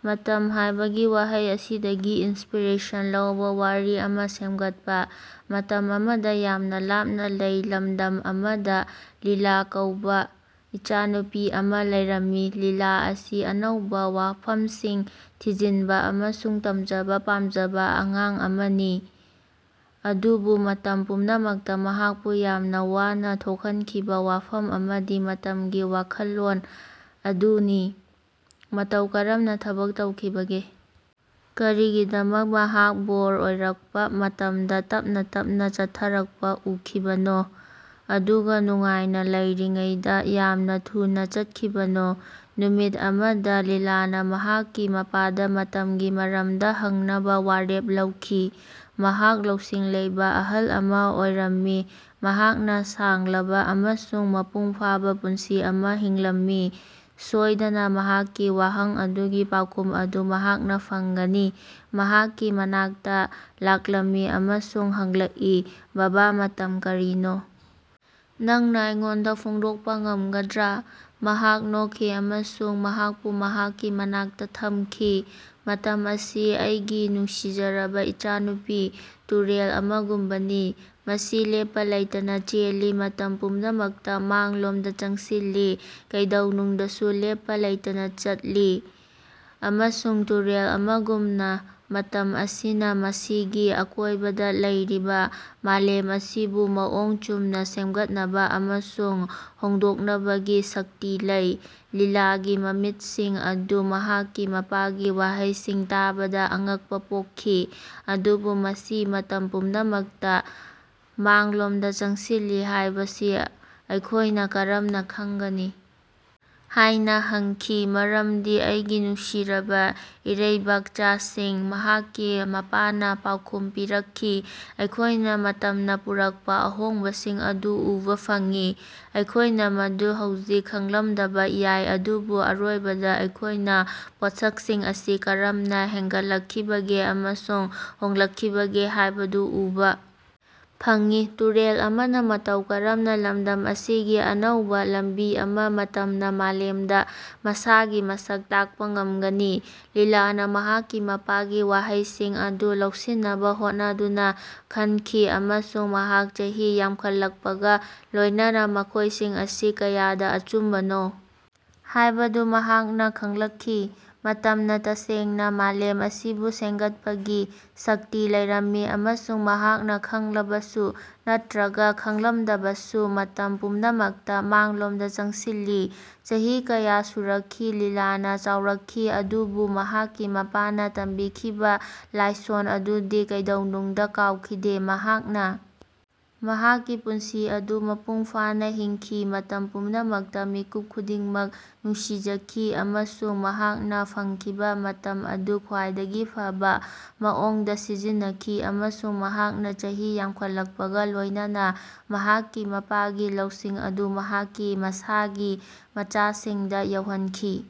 ꯃꯇꯝ ꯍꯥꯢꯕꯒꯤ ꯋꯥꯍꯩ ꯑꯁꯤꯗꯒꯤ ꯏꯟꯁꯄꯤꯔꯦꯁꯟ ꯂꯧꯕꯥ ꯋꯥꯔꯤ ꯑꯃꯥ ꯁꯦꯝꯒꯠꯄꯥ꯫ ꯃꯇꯝ ꯑꯃꯗ ꯌꯥꯝꯅ ꯂꯥꯞꯅ ꯂꯩ ꯂꯝꯗꯝ ꯑꯃꯗ ꯂꯤꯂꯥ ꯀꯧꯕꯥ ꯏꯆꯥꯅꯨꯄꯤ ꯑꯃ ꯂꯩꯔꯝꯃꯤ꯫ ꯂꯤꯂꯥ ꯑꯁꯤ ꯑꯅꯧꯕꯥ ꯋꯥꯐꯝꯁꯤꯡ ꯊꯤꯖꯤꯟꯕ ꯑꯃꯁꯨꯡ ꯇꯝꯖꯕ ꯄꯥꯝꯖꯕ ꯑꯉꯥꯡ ꯑꯃꯅꯤ꯫ ꯑꯗꯨꯕꯨ ꯃꯇꯝ ꯄꯨꯝꯅꯃꯛꯇ ꯃꯍꯥꯛꯄꯨ ꯌꯥꯝꯅ ꯋꯥꯅ ꯊꯣꯛꯍꯟꯈꯤꯕ ꯋꯥꯐꯝ ꯑꯃꯗꯤ ꯃꯇꯝꯒꯤ ꯋꯥꯈꯜꯂꯣꯟ ꯑꯗꯨꯅꯤ꯫ ꯃꯇꯧ ꯀꯔꯝꯅ ꯊꯕꯛ ꯇꯧꯈꯤꯕꯒꯦ? ꯀꯔꯤꯒꯤꯗꯃꯛ ꯃꯍꯥꯛ ꯕꯣꯔ ꯑꯣꯏꯔꯛꯄ ꯃꯇꯝꯗ ꯇꯞꯅ ꯇꯞꯅ ꯆꯠꯊꯔꯛꯄ ꯎꯈꯤꯕꯅꯣ, ꯑꯗꯨꯒꯥ ꯅꯨꯡꯉꯥꯏꯅꯥ ꯂꯩꯔꯤꯉꯩꯗꯥ ꯌꯥꯝꯅꯥ ꯊꯨꯅꯥ ꯆꯠꯈꯤꯕꯅꯣ? ꯅꯨꯃꯤꯠ ꯑꯃꯗ ꯂꯤꯂꯥꯅ ꯃꯍꯥꯛꯀꯤ ꯃꯄꯥꯗ ꯃꯇꯝꯒꯤ ꯃꯔꯝꯗ ꯍꯪꯅꯕꯥ ꯋꯥꯔꯦꯞ ꯂꯧꯈꯤ꯫ ꯃꯍꯥꯛ ꯂꯧꯁꯤꯡ ꯂꯩꯕꯥ ꯑꯍꯜ ꯑꯃ ꯑꯣꯏꯔꯝꯃꯤ ꯃꯍꯥꯛꯅ ꯁꯥꯡꯂꯕ ꯑꯃꯁꯨꯡ ꯃꯄꯨꯡ ꯐꯥꯕ ꯄꯨꯟꯁꯤ ꯑꯃ ꯍꯤꯡꯂꯝꯃꯤ꯫ ꯁꯣꯢꯗꯅ ꯃꯍꯥꯛꯀꯤ ꯋꯥꯍꯪ ꯑꯗꯨꯒꯤ ꯄꯥꯎꯈꯨꯝ ꯑꯗꯨ ꯃꯍꯥꯛꯅ ꯐꯪꯒꯅꯤ꯫ ꯃꯍꯥꯛꯀꯤ ꯃꯅꯥꯛꯇ ꯂꯥꯛꯂꯝꯃꯤ ꯑꯃꯁꯨꯡ ꯍꯪꯂꯛꯏ ꯕꯥꯕꯥ ꯃꯇꯝ ꯀꯔꯤꯅꯣ? ꯅꯪꯅꯥ ꯑꯩꯉꯣꯟꯗꯥ ꯐꯣꯡꯗꯣꯛꯄ ꯉꯝꯒꯗ꯭ꯔꯥ? ꯃꯍꯥꯛ ꯅꯣꯛꯈꯤ ꯑꯃꯁꯨꯡ ꯃꯍꯥꯛꯄꯨ ꯃꯍꯥꯛꯀꯤ ꯃꯅꯥꯛꯇꯥ ꯊꯝꯈꯤ꯫ ꯃꯇꯝ ꯑꯁꯤ ꯑꯩꯒꯤ ꯅꯨꯡꯁꯤꯖꯔꯕ ꯏꯆꯥꯅꯨꯄꯤ ꯇꯨꯔꯦꯜ ꯑꯃꯒꯨꯝꯕꯅꯤ꯫ ꯃꯁꯤ ꯂꯦꯞꯄꯥ ꯂꯩꯇꯅꯥ ꯆꯦꯜꯂꯤ ꯃꯇꯝ ꯄꯨꯝꯅꯃꯛꯇꯥ ꯃꯥꯡꯂꯣꯝꯗꯥ ꯆꯪꯁꯤꯜꯂꯤ ꯀꯩꯗꯧꯉꯩꯗꯁꯨ ꯂꯦꯞꯄ ꯂꯩꯇꯅ ꯆꯠꯂꯤ꯫ ꯑꯃꯁꯨꯡ ꯇꯨꯔꯦꯜ ꯑꯃꯒꯨꯝꯅ ꯃꯇꯝ ꯑꯁꯤꯅ ꯃꯁꯤꯒꯤ ꯑꯀꯣꯢꯕꯗ ꯂꯩꯔꯤꯕꯥ ꯃꯥꯂꯦꯝ ꯑꯁꯤꯕꯨ ꯃꯑꯣꯡ ꯆꯨꯝꯅꯥ ꯁꯦꯝꯒꯠꯅꯕ ꯑꯃꯁꯨꯡ ꯍꯣꯡꯗꯣꯛꯅꯕꯒꯤ ꯁꯛꯇꯤ ꯂꯩ꯫ ꯂꯤꯂꯥꯒꯤ ꯃꯃꯤꯠꯁꯤꯡ ꯑꯗꯨ ꯃꯍꯥꯛꯀꯤ ꯃꯄꯥꯒꯤ ꯋꯥꯍꯩꯁꯤꯡ ꯇꯥꯕꯗꯥ ꯑꯉꯛꯄꯥ ꯄꯣꯛꯈꯤ꯫ ꯑꯗꯨꯕꯨ ꯃꯁꯤ ꯃꯇꯝ ꯄꯨꯝꯅꯃꯛꯇ ꯃꯥꯡꯂꯣꯝꯗ ꯆꯪꯁꯤꯜꯂꯤ ꯍꯥꯢꯕꯁꯤ ꯑꯩꯈꯣꯢꯅ ꯀꯔꯝꯅꯥ ꯈꯪꯒꯅꯤ? ꯍꯥꯢꯅ ꯍꯪꯈꯤ꯫ ꯃꯔꯝꯗꯤ ꯑꯩꯒꯤ ꯅꯨꯡꯁꯤꯔꯕꯥ ꯏꯔꯩꯕꯥꯛꯆꯥꯁꯤꯡ ꯃꯍꯥꯛꯀꯤ ꯃꯄꯥꯅ ꯄꯥꯎꯈꯨꯝ ꯄꯤꯔꯛꯈꯤ ꯑꯩꯈꯣꯢꯅ ꯃꯇꯝꯅ ꯄꯨꯔꯛꯄ ꯑꯍꯣꯡꯕꯁꯤꯡ ꯑꯗꯨ ꯎꯕꯥ ꯐꯪꯏ꯫ ꯑꯩꯈꯣꯢꯅ ꯃꯗꯨ ꯍꯧꯖꯤꯛ ꯈꯪꯂꯝꯗꯕ ꯌꯥꯏ ꯑꯗꯨꯕꯨ ꯑꯔꯣꯏꯕꯗ ꯑꯩꯈꯣꯢꯅ ꯄꯣꯠꯁꯛꯁꯤꯡ ꯑꯁꯤ ꯀꯔꯝꯅ ꯍꯦꯟꯒꯠꯂꯛꯈꯤꯕꯒꯦ ꯑꯃꯁꯨꯡ ꯍꯣꯡꯂꯛꯈꯤꯕꯒꯦ ꯍꯥꯢꯕꯗꯨ ꯎꯕꯥ ꯐꯪꯏ꯫ ꯇꯨꯔꯦꯜ ꯑꯃꯅ ꯃꯇꯧ ꯀꯔꯝꯅ ꯂꯝꯗꯝ ꯑꯁꯤꯒꯤ ꯑꯅꯧꯕ ꯂꯝꯕꯤ ꯑꯃ ꯃꯇꯝꯅ ꯃꯥꯂꯦꯝꯗ ꯃꯁꯥꯒꯤ ꯃꯁꯛ ꯇꯥꯛꯄ ꯉꯝꯒꯅꯤ꯫ ꯂꯤꯂꯥꯅ ꯃꯍꯥꯛꯀꯤ ꯃꯄꯥꯒꯤ ꯋꯥꯍꯩꯁꯤꯡ ꯑꯗꯨ ꯂꯧꯁꯤꯟꯅꯕ ꯍꯣꯠꯅꯗꯨꯅ ꯈꯟꯈꯤ ꯑꯃꯁꯨꯡ ꯃꯍꯥꯛ ꯆꯍꯤ ꯌꯥꯝꯈꯠꯂꯛꯄꯒ ꯂꯣꯢꯅꯅꯥ ꯃꯈꯣꯢꯁꯤꯡ ꯑꯁꯤ ꯀꯌꯥꯗ ꯑꯆꯨꯝꯕꯅꯣ ꯍꯥꯢꯕꯗꯨ ꯃꯍꯥꯛꯅ ꯈꯪꯂꯛꯈꯤ꯫ ꯃꯇꯝꯅ ꯇꯁꯦꯡꯅ ꯃꯥꯂꯦꯝ ꯑꯁꯤꯕꯨ ꯁꯦꯝꯒꯠꯄꯒꯤ ꯁꯛꯇꯤ ꯂꯩꯔꯝꯃꯤ ꯑꯃꯁꯨꯡ ꯃꯍꯥꯛꯅ ꯈꯡꯂꯕꯁꯨ ꯅꯠꯇ꯭ꯔꯒ ꯈꯪꯂꯝꯗꯕꯁꯨ ꯃꯇꯝ ꯄꯨꯝꯅꯃꯛꯇ ꯃꯥꯡꯂꯣꯝꯗ ꯆꯪꯁꯤꯜꯂꯤ꯫ ꯆꯍꯤ ꯀꯌꯥ ꯁꯨꯔꯛꯈꯤ ꯂꯤꯂꯥꯅ ꯆꯥꯎꯔꯛꯈꯤ ꯑꯗꯨꯕꯨ ꯃꯍꯥꯛꯀꯤ ꯃꯄꯥꯅ ꯇꯝꯕꯤꯈꯤꯕ ꯂꯥꯏꯁꯣꯟ ꯑꯗꯨꯗꯤ ꯀꯩꯗꯧꯅꯨꯡꯗ ꯀꯥꯎꯈꯤꯗꯦ꯫ ꯃꯍꯥꯛꯅ ꯃꯍꯥꯛꯀꯤ ꯄꯨꯟꯁꯤ ꯑꯗꯨ ꯃꯄꯨꯡ ꯐꯥꯅ ꯍꯤꯡꯈꯤ ꯃꯇꯝ ꯄꯨꯝꯅꯃꯛꯇ ꯃꯤꯀꯨꯞ ꯈꯨꯗꯤꯡꯃꯛ ꯅꯨꯡꯁꯤꯖꯈꯤ ꯑꯃꯁꯨꯡ ꯃꯍꯥꯛꯅ ꯐꯪꯈꯤꯕ ꯃꯇꯝ ꯑꯗꯨ ꯈ꯭ꯋꯥꯏꯗꯒꯤ ꯐꯕꯥ ꯃꯑꯣꯡꯗ ꯁꯤꯖꯤꯟꯅꯈꯤ ꯑꯃꯁꯨꯡ ꯃꯍꯥꯛꯅ ꯆꯍꯤ ꯌꯥꯝꯈꯠꯂꯛꯄꯒ ꯂꯣꯢꯅꯅꯥ ꯃꯍꯥꯛꯀꯤ ꯃꯄꯥꯒꯤ ꯂꯧꯁꯤꯡ ꯑꯗꯨ ꯃꯍꯥꯛꯀꯤ ꯃꯁꯥꯒꯤ ꯃꯆꯥꯁꯤꯡꯗ ꯌꯧꯍꯟꯈꯤ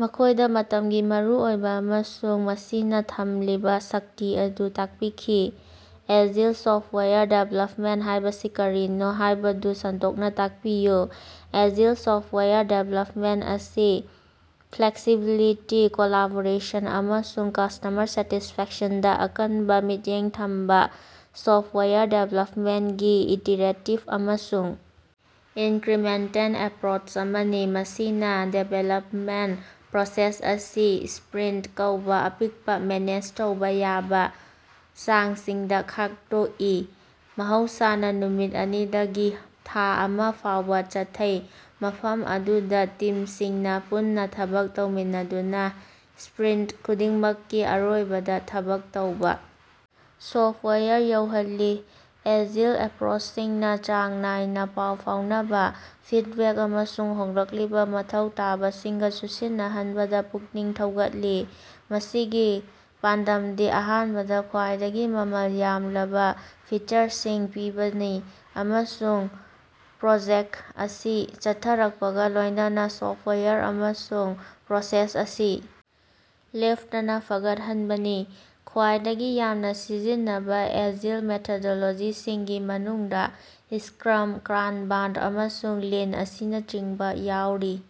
ꯃꯈꯣꯢꯗ ꯃꯇꯝꯒꯤ ꯃꯔꯨꯑꯣꯏꯕ ꯑꯃꯁꯨꯡ ꯃꯁꯤꯅ ꯊꯝꯂꯤꯕ ꯁꯛꯇꯤ ꯑꯗꯨ ꯇꯥꯛꯄꯤꯈꯤ꯫ ꯑꯦꯖꯤꯜ ꯁꯣꯐꯇꯋꯥꯌꯔ ꯗꯤꯚꯦꯂꯞꯃꯦꯟꯇ ꯍꯥꯢꯕꯁꯤ ꯀꯔꯤꯅꯣ ꯍꯥꯢꯕꯗꯨ ꯁꯟꯗꯣꯛꯅ ꯇꯥꯛꯄꯤꯌꯨ꯫ ꯑꯦꯖꯤꯜ ꯁꯣꯐꯇꯋꯥꯌꯔ ꯗꯤꯚꯦꯂꯞꯃꯦꯟꯇ ꯑꯁꯤ ꯐ꯭ꯂꯦꯛꯁꯤꯕꯤꯂꯤꯇꯤ, ꯀꯣꯂꯥꯕꯣꯔꯦꯁꯟ, ꯑꯃꯁꯨꯡ ꯀꯁꯇꯃꯔ ꯁꯦꯇꯤꯁꯐꯦꯛꯁꯟꯗꯥ ꯑꯀꯟꯕ ꯃꯤꯠꯌꯦꯡ ꯊꯝꯕ ꯁꯣꯐꯇꯋꯥꯌꯔ ꯗꯤꯚꯦꯂꯄꯃꯦꯟꯇꯒꯤ ꯏꯇꯤꯔꯦꯇꯤꯚ ꯑꯃꯁꯨꯡ ꯏꯟꯀ꯭ꯔꯤꯃꯦꯟꯇꯦꯜ ꯑꯦꯄ꯭ꯔꯣꯆ ꯑꯃꯅꯤ꯫ ꯃꯁꯤꯅꯥ ꯗꯤꯕꯦꯂꯞꯃꯦꯟꯇ ꯄ꯭ꯔꯣꯁꯦꯁ ꯑꯁꯤ ꯁꯄ꯭ꯔꯤꯟꯇ ꯀꯧꯕꯥ ꯑꯄꯤꯛꯄ ꯃꯦꯅꯦꯖ ꯇꯧꯕꯥ ꯌꯥꯕ ꯆꯥꯡꯁꯤꯡꯗꯥ ꯈꯥꯛꯗꯣꯛꯏ ꯃꯍꯧꯁꯥꯅ ꯅꯨꯃꯤꯠ ꯑꯅꯤꯗꯒꯤ ꯊꯥ ꯑꯃꯥ ꯐꯥꯎꯕꯥ ꯆꯠꯊꯩ ꯃꯐꯝ ꯑꯗꯨꯗꯥ ꯇꯤꯝꯁꯤꯡꯅꯥ ꯄꯨꯟꯅꯥ ꯊꯕꯛ ꯇꯧꯃꯤꯟꯅꯗꯨꯅꯥ ꯁꯄ꯭ꯔꯤꯟꯇ ꯈꯨꯗꯤꯡꯃꯛꯀꯤ ꯑꯔꯣꯏꯕꯗ ꯊꯕꯛ ꯇꯧꯕꯥ ꯁꯣꯐꯋꯦꯌꯔ ꯌꯧꯍꯜꯂꯤ꯫ ꯑꯦꯖꯤꯜ ꯑꯦꯄ꯭ꯔꯣꯆꯁꯤꯡꯅ ꯆꯥꯡ ꯅꯥꯏꯅ ꯄꯥꯎ ꯐꯥꯎꯅꯕ, ꯐꯤꯗꯕꯦꯛ ꯑꯃꯁꯨꯡ ꯍꯣꯡꯂꯛꯂꯤꯕ ꯃꯊꯧ ꯇꯥꯕꯁꯤꯡꯒ ꯆꯨꯁꯤꯟꯅꯍꯟꯕꯗ ꯄꯨꯛꯅꯤꯡ ꯊꯧꯒꯠꯂꯤ꯫ ꯃꯁꯤꯒꯤ ꯄꯥꯟꯗꯝꯗꯤ ꯑꯍꯥꯟꯕꯗ ꯈ꯭ꯋꯥꯏꯗꯒꯤ ꯃꯃꯜ ꯌꯥꯝꯂꯕ ꯐꯤꯆꯔꯁꯤꯡ ꯄꯤꯕꯅꯤ ꯑꯃꯁꯨꯡ ꯄ꯭ꯔꯣꯖꯦꯛꯇ ꯑꯁꯤ ꯆꯠꯊꯔꯛꯄꯒ ꯂꯣꯢꯅꯅ ꯁꯣꯐꯋꯦꯌꯔ ꯑꯃꯁꯨꯡ ꯄ꯭ꯔꯣꯁꯦꯁ ꯑꯁꯤ ꯂꯦꯞꯇꯅ ꯐꯒꯠꯍꯟꯕꯅꯤ꯫ ꯈ꯭ꯋꯥꯏꯗꯒꯤ ꯌꯥꯝꯅ ꯁꯤꯖꯤꯟꯅꯕ ꯑꯦꯖꯤꯜ ꯃꯦꯊꯣꯗꯣꯂꯣꯖꯤꯁꯤꯡꯒꯤ ꯃꯅꯨꯡꯗꯥ ꯁꯀ꯭ꯔꯥꯝ, ꯀꯥꯅꯕꯟ, ꯑꯃꯁꯨꯡ ꯂꯤꯟ ꯑꯁꯤꯅꯆꯤꯡꯕꯥ ꯌꯥꯎꯔꯤ꯫